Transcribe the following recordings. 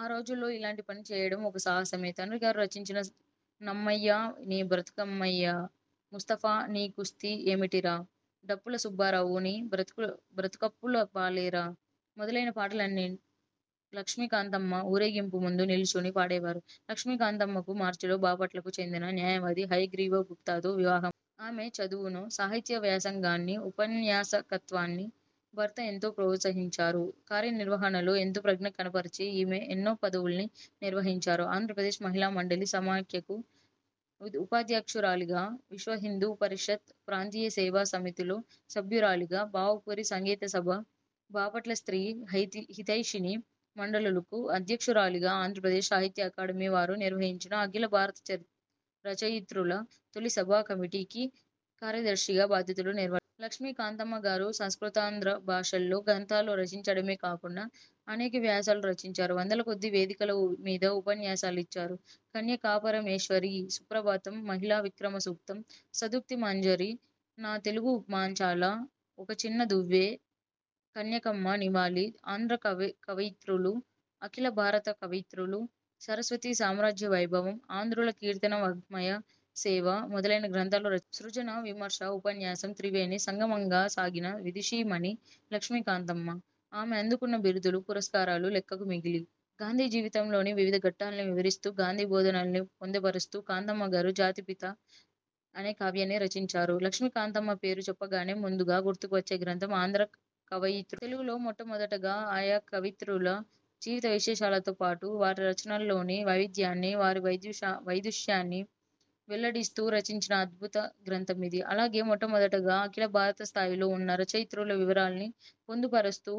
ఆ రోజుల్లో ఇలాంటి పని చేయడం ఒక సాహసమే. తండ్రిగారు రచించిన 'నమ్మయ్యా నీ బ్రతుకమ్మెయ్యా', 'ముస్తఫా నీ కుస్తీ ఏమిటిరా', 'డప్పుల సుబ్బారావు నీ బ్రతుకప్పుల పాలేరా' మొదలైన పాటలన్నీ లక్ష్మీకాంతమ్మ ఊరేగింపు ముందు నిలుచుని పాడేవారు. లక్ష్మీకాంతమ్మకు మార్చిలో బాపట్లకు చెందిన న్యాయవాది హయగ్రీవ గుప్తాతో వివాహమైంది. ఆమె చదువును, సాహిత్య వ్యాసంగాన్ని, ఉపన్యాసకత్వాన్ని భర్త ఎంతో ప్రోత్సహించారు. కార్యనిర్వహణలో ఎంతో ప్రజ్ఞ కనపరచే ఈమె ఎన్నో పదవుల్ని నిర్వహించారు. ఆంధ్రప్రదేశ్ మహిళా మండలి సమాఖ్యకు ఉపాధ్యక్షురాలిగా, విశ్వహిందూ పరిషత్ ప్రాంతీయ సేవా సమితిలో సభ్యురాలిగా, భావపురి సంగీత సభ, బాపట్ల స్ర్తీ హితైషిణి మండలులకు అధ్యక్షురాలిగా, ఆంధ్రప్రదేశ్ సాహిత్య అకాడమీ వారు నిర్వహించిన అఖిల భారత రచయిత్రుల తొలి సభా కమిటీకి కార్యదర్శిగా బాధ్యతలు నిర్వర్తించారు. లక్ష్మీకాంతమ్మగారు సంస్కృతాంధ్ర భాషల్లో గ్రంథాలు రచించడమే కాకుండా అనేక వ్యాసాలు రచించారు. వందలకొద్దీ వేదికల మీద ఉపన్యాసాలిచ్చారు. కన్యకాపరమేశ్వరీ సుప్రభాతం, మహిళా విక్రమ సూక్తం, సదుక్తి మంజరి, నా తెలుగు మాంచాల, ఒక చిన్న దివ్వె, కన్యకమ్మ నివాళి, ఆంధ్ర కవయిత్రులు, అఖిల భారత కవయిత్రులు, సరస్వతీ సామ్రాజ్య వైభవం, ఆంధ్రుల కీర్తన వాఙ్మయ సేవ మొదలైన గ్రంథాలు రచించారు. సృజన, విమర్శ, ఉపన్యాసం త్రివేణి సంగమంగా సాగిన విదుషీమణి లక్ష్మీకాంతమ్మ. ఆమె అందుకున్న బిరుదులు, పురస్కారాలు లెక్కకు మిక్కిలి. గాంధీ జీవితంలోని వివిధ ఘట్టాల్ని వివరిస్తూ గాంధీ బోధనల్ని పొందుపరుస్తూ కాంతమ్మగారు 'జాతిపిత' అనే కావ్యాన్ని రచించారు. లక్ష్మీకాంతమ్మ పేరు చెప్పగానే ముందుగా గుర్తుకు వచ్చే గ్రంథం ఆంధ్ర కవయిత్రులు. తెలుగులో మొట్టమొదటగా ఆయా కవయిత్రుల జీవిత విశేషాలతోపాటు, వారి రచనల్లోని వైవిధ్యాన్ని, వారి వైదుష్యాన్ని వెల్లడిస్తూ రచించిన అద్భుత గ్రంథమిది. అలాగే మొట్టమొదటగా అఖిల భారత స్థాయిలో ఉన్న రచయిత్రుల వివరాల్ని పొందుపరస్తూ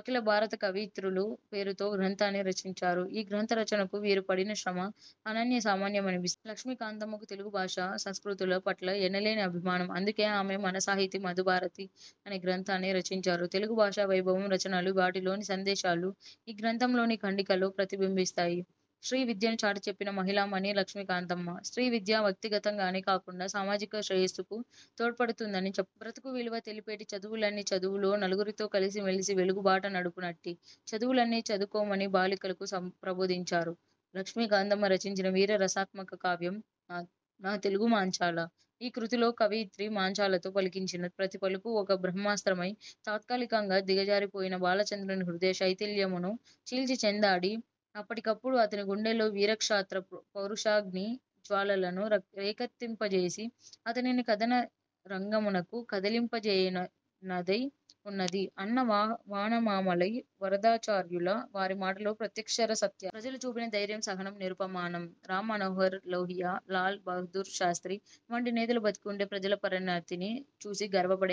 అఖిల భారత కవయిత్రులు పేరుతో గ్రంథాన్ని రచించారు. ఈ గ్రంథ రచనకు వీరు పడిన శ్రమ అనన్య సామాన్యమనిపిస్తుంది. లక్ష్మీకాంతమ్మకు తెలుగు భాష, సంస్కృతుల పట్ల ఎనలేని అభిమానం. అందుకే ఆమె, 'మన సాహితి–మధు భారతి' అనే గ్రంథాన్ని రచించారు. తెలుగు భాషా వైభవం, రచనలు, వాటిలోని సందేశాలు, ఈ గ్రంథంలోని ఖండికలో ప్రతిబింబిస్తాయి. స్త్రీ విద్యను చాటి చెప్పిన మహిళామణి లక్ష్మీకాంతమ్మ. స్ర్తీ విద్య వ్యక్తిగతంగానే కాకుండా సామాజిక శ్రేయస్సుకూ తోడ్పడుతుందని చెప్పారు. ''బ్రతుకు విలువ తెలిపేటి–చదువులన్ని చదువులో–నలుగురితో కలిసిమెలసి–వెలుగు బాట నడుపునట్టి'' చదువులన్నీ చదువుకోమని బాలికలకు ప్రబోధించారు. లక్ష్మీకాంతమ్మ రచించిన వీర రసాత్మక కావ్యం 'నా తెలుగు మాంచాల'. ''ఈ కృతిలో కవయిత్రి మాంచాలతో పలికించిన ప్రతి పలుకూ ఒక బ్రహ్మాస్త్రమై, తాత్కాలికంగా దిగజారిపోయిన బాలచంద్రుని హృదయ శైథిల్యమును చీల్చిచెండాడి, అప్పటికప్పుడు అతని గుండెల్లో వీరక్షాత్ర పౌరుషాగ్ని జ్వాలలను రేకెత్తింపజేసి అతనిని కదన రంగమునకు కదలింపజేయునదై ఉన్నది,'' అన్న వానమామలై వరదాచార్యుల వారి మాటలు ప్రత్యక్షరసత్యాలు. ప్రజలు చూపిన ధైర్యం సహనం నిరుపమానం. రాంమనోహర్ లోహియా, లాల్ బహదూర్ శాస్ర్తి వంటి నేతలు బతికుంటే ప్రజల పరిణతిని చూసి గర్వపడే వారు.